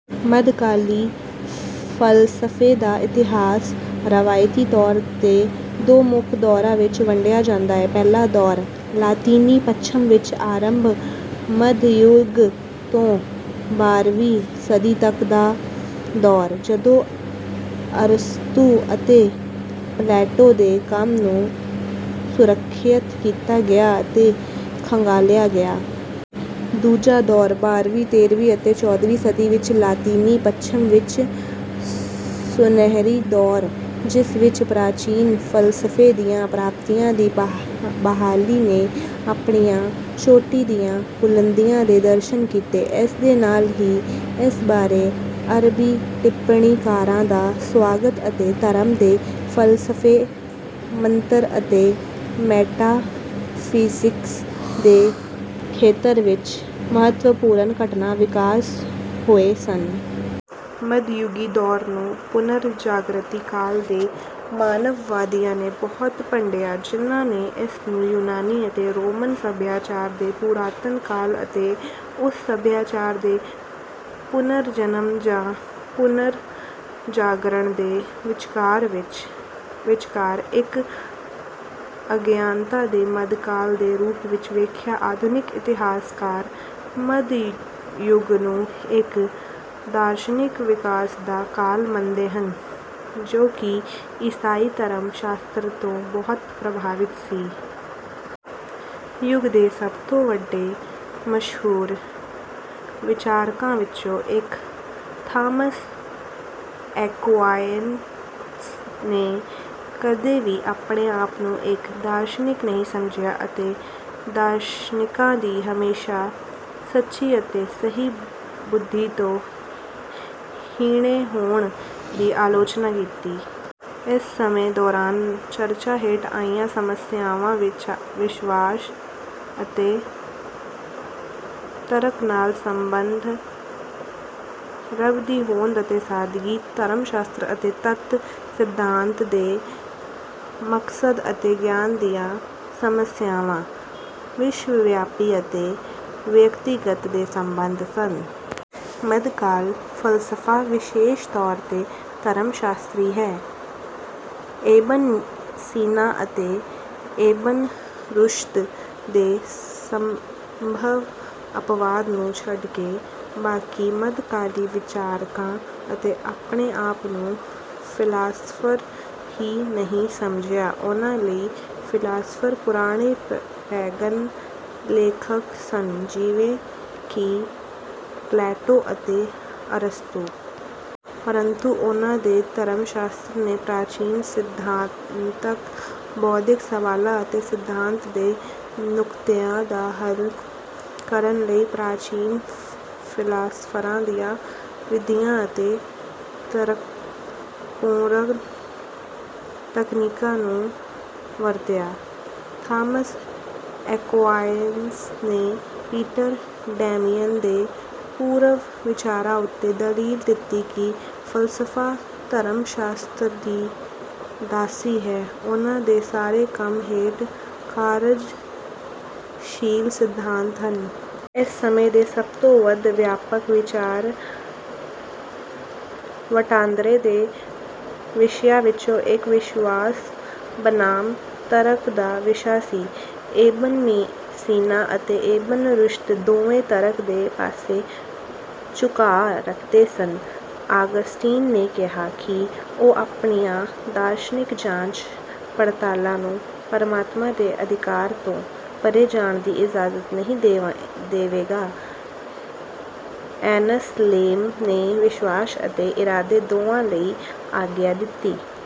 ਮੱਧਕਾਲੀ ਫ਼ਲਸਫ਼ੇ ਦਾ ਇਤਿਹਾਸ ਰਵਾਇਤੀ ਤੌਰ ਤੇ ਦੋ ਮੁੱਖ ਦੌਰਾਂ ਵਿੱਚ ਵੰਡਿਆ ਜਾਂਦਾ ਹੈ। ਪਹਿਲਾ ਦੌਰ ਲਾਤੀਨੀ ਪੱਛਮ ਵਿੱਚ ਅਰੰਭਕ ਮੱਧ ਯੁੱਗ ਤੋਂ ਬਾਰ੍ਹਵੀਂ ਸਦੀ ਤੱਕ ਦਾ ਦੌਰ, ਜਦੋਂ ਅਰਸਤੂ ਅਤੇ ਪਲੈਟੋ ਦੇ ਕੰਮ ਨੂੰ ਸੁਰੱਖਿਅਤ ਕੀਤਾ ਗਿਆ ਅਤੇ ਖੰਗਾਲਿਆ ਗਿਆ। ਦੂਜਾ ਦੌਰ ਬਾਰ੍ਹਵੀਂ, ਤੇਰ੍ਹਵੀਂ ਅਤੇ ਚੌਦ੍ਹਵੀਂ ਸਦੀ ਵਿੱਚ ਲਾਤੀਨੀ ਪੱਛਮ ਵਿੱਚ 'ਸੁਨਹਿਰੀ ਦੌਰ', ਜਿਸ ਵਿੱਚ ਪ੍ਰਾਚੀਨ ਫ਼ਲਸਫ਼ੇ ਦੀਆਂ ਪ੍ਰਾਪਤੀਆਂ ਦੀ ਬਹਾਲੀ ਨੇ, ਆਪਣੀਆਂ ਚੋਟੀ ਦੀਆਂ ਬੁਲੰਦੀਆਂ ਦੇ ਦਰਸ਼ਨ ਕੀਤੇ। ਇਸ ਦੇ ਨਾਲ ਹੀ ਇਸ ਬਾਰੇ ਅਰਬੀ ਟਿੱਪਣੀਕਾਰਾਂ ਦਾ ਸਵਾਗਤ ਅਤੇ ਧਰਮ ਦੇ ਫ਼ਲਸਫ਼ੇ, ਮੰਤਕ ਅਤੇ ਮੈਟਾਫਿਜ਼ਿਕਸ ਦੇ ਖੇਤਰ ਵਿੱਚ ਮਹੱਤਵਪੂਰਨ ਘਟਨਾ ਵਿਕਾਸ ਹੋਏ ਸਨ। ਮੱਧਯੁਗੀ ਦੌਰ ਨੂੰ ਪੁਨਰ ਜਾਗਰਤੀ ਕਾਲ ਦੇ ਮਾਨਵਵਾਦੀਆਂ ਨੇ ਬਹੁਤ ਭੰਡਿਆ, ਜਿਹਨਾਂ ਨੇ ਇਸ ਨੂੰ ਯੂਨਾਨੀ ਅਤੇ ਰੋਮਨ ਸਭਿਆਚਾਰ ਦੇ ਪੁਰਾਤਨ ਕਾਲ ਅਤੇ ਉਸ ਸੱਭਿਆਚਾਰ ਦੇ 'ਪੁਨਰ ਜਨਮ' ਜਾਂ ਪੁਨਰਜਾਗਰਣ ਦੇ ਵਿਚਕਾਰ ਇੱਕ ਅਗਿਆਨਤਾ ਦੇ 'ਮੱਧ' ਕਾਲ ਦੇ ਰੂਪ ਵਿੱਚ ਵੇਖਿਆ ਆਧੁਨਿਕ ਇਤਿਹਾਸਕਾਰ ਮੱਧਯੁੱਗ ਨੂੰ ਇੱਕ ਦਾਰਸ਼ਨਿਕ ਵਿਕਾਸ ਦਾ ਕਾਲ ਮੰਨਦੇ ਹਨ, ਜੋ ਕਿ ਈਸਾਈ ਧਰਮ ਸ਼ਾਸਤਰ ਤੋਂ ਬਹੁਤ ਪ੍ਰਭਾਵਿਤ ਸੀ। ਯੁੱਗ ਦੇ ਸਭ ਤੋਂ ਵੱਡੇ ਮਸ਼ਹੂਰ ਵਿਚਾਰਕਾਂ ਵਿੱਚੋਂ ਇੱਕ, ਥਾਮਸ ਐਕੁਆਇਨਸ ਨੇ ਕਦੇ ਵੀ ਆਪਣੇ ਆਪ ਨੂੰ ਇੱਕ ਦਾਰਸ਼ਨਿਕ ਨਹੀਂ ਸਮਝਿਆ, ਅਤੇ ਦਾਰਸ਼ਨਿਕਾਂ ਦੀ ਹਮੇਸ਼ਾ "ਸੱਚੀ ਅਤੇ ਸਹੀ ਬੁੱਧੀ ਤੋਂ ਹੀਣੇ ਹੋਣ" ਦੀ ਆਲੋਚਨਾ ਕੀਤੀ। ਇਸ ਸਮੇਂ ਦੌਰਾਨ ਚਰਚਾ ਹੇਠ ਆਈਆਂ ਸਮੱਸਿਆਵਾਂ ਵਿਸ਼ਵਾਸ ਅਤੇ ਤਰਕ ਨਾਲ ਸੰਬੰਧ, ਰੱਬ ਦੀ ਹੋਂਦ ਅਤੇ ਸਾਦਗੀ, ਧਰਮ ਸ਼ਾਸਤਰ ਅਤੇ ਤੱਤ ਸਿਧਾਂਤ ਦੇ ਮਕਸਦ ਅਤੇ ਗਿਆਨ ਦੀਆਂ ਸਮੱਸਿਆਵਾਂ, ਵਿਸ਼ਵ ਵਿਆਪੀ ਅਤੇ ਵਿਅਕਤੀਗਤ ਦੇ ਸੰਬੰਧ ਸਨ। ਮੱਧਕਾਲੀ ਫ਼ਲਸਫ਼ਾ ਵਿਸ਼ੇਸ਼ ਤੌਰ ਤੇ ਧਰਮ ਸ਼ਾਸਤਰੀ ਹੈ। ਇਬਨ ਸੀਨਾ ਅਤੇ ਇਬਨ ਰੁਸ਼ਦ ਦੇ ਸੰਭਵ ਅਪਵਾਦ ਨੂੰ ਛੱਡ ਕੇ, ਬਾਕੀ ਮੱਧਕਾਲੀ ਵਿਚਾਰਕਾਂ ਨੇ ਆਪਣੇ ਆਪ ਨੂੰ ਫ਼ਿਲਾਸਫਰ ਹੀ ਨਹੀਂ ਸਮਝਿਆ। ਉਨ੍ਹਾਂ ਲਈ, ਫ਼ਿਲਾਸਫਰ ਪੁਰਾਣੇ ਪੈਗਨ ਲੇਖਕ ਸਨ ਜਿਵੇਂ ਕਿ ਪਲੈਟੋ ਅਤੇ ਅਰਸਤੂ। ਪਰੰਤੂ, ਉਨ੍ਹਾਂ ਦੇ ਧਰਮ ਸ਼ਾਸਤਰ ਨੇ ਪ੍ਰਾਚੀਨ ਸਿਧਾਂਤਕ ਬੌਧਿਕ ਸਵਾਲਾਂ ਅਤੇ ਸਿਧਾਂਤ ਦੇ ਨੁਕਤਿਆਂ ਦਾ ਹੱਲ ਕਰਨ ਲਈ ਪ੍ਰਾਚੀਨ ਫ਼ਿਲਾਸਫਰਾਂ ਦੀਆਂ ਵਿਧੀਆਂ ਅਤੇ ਤਰਕਪੂਰਨ ਤਕਨੀਕਾਂ ਨੂੰ ਵਰਤਿਆ। ਥਾਮਸ ਐਕੁਆਇਨਸ ਨੇ ਪੀਟਰ ਡੈਮੀਅਨ ਦੇ ਪੂਰਵ ਵਿਚਾਰਾਂ ਉੱਤੇ ਦਲੀਲ ਦਿੱਤੀ ਕਿ ਫ਼ਲਸਫ਼ਾ ਧਰਮ ਸ਼ਾਸਤਰ ਦੀ ਦਾਸੀ ਹੈ ਉਨ੍ਹਾਂ ਦੇ ਸਾਰੇ ਕੰਮਾਂ ਹੇਠ ਕਾਰਜਸ਼ੀਲ ਸਿਧਾਂਤ ਹਨ। ਇਸ ਸਮੇਂ ਦੇ ਸਭ ਤੋਂ ਵੱਧ ਵਿਆਪਕ ਵਿਚਾਰ ਵਟਾਂਦਰੇ ਦੇ ਵਿਸ਼ਿਆਂ ਵਿੱਚੋਂ ਇੱਕ ਵਿਸ਼ਵਾਸ ਬਨਾਮ ਤਰਕ ਦਾ ਵਿਸ਼ਾ ਸੀ ਇਬਨ ਸੀਨਾ ਅਤੇ ਇਬਨ ਰੁਸ਼ਦ ਦੋਵੇਂ ਤਰਕ ਦੇ ਪਾਸੇ ਝੁਕਾਅ ਰੱਖਦੇ ਸਨ। ਆਗਸਟੀਨ ਨੇ ਕਿਹਾ ਕਿ ਉਹ ਆਪਣੀਆਂ ਦਾਰਸ਼ਨਿਕ ਜਾਂਚ ਪੜਤਾਲਾਂ ਨੂੰ ਪਰਮਾਤਮਾ ਦੇ ਅਧਿਕਾਰ ਤੋਂ ਪਰੇ ਜਾਣ ਦੀ ਇਜਾਜ਼ਤ ਨਹੀਂ ਦੇਵੇਗਾ। ਐਨਸਲੇਮ ਨੇ ਵਿਸ਼ਵਾਸ ਅਤੇ ਇਰਾਦੇ ਦੋਵਾਂ ਲਈ ਆਗਿਆ ਦਿੱਤੀ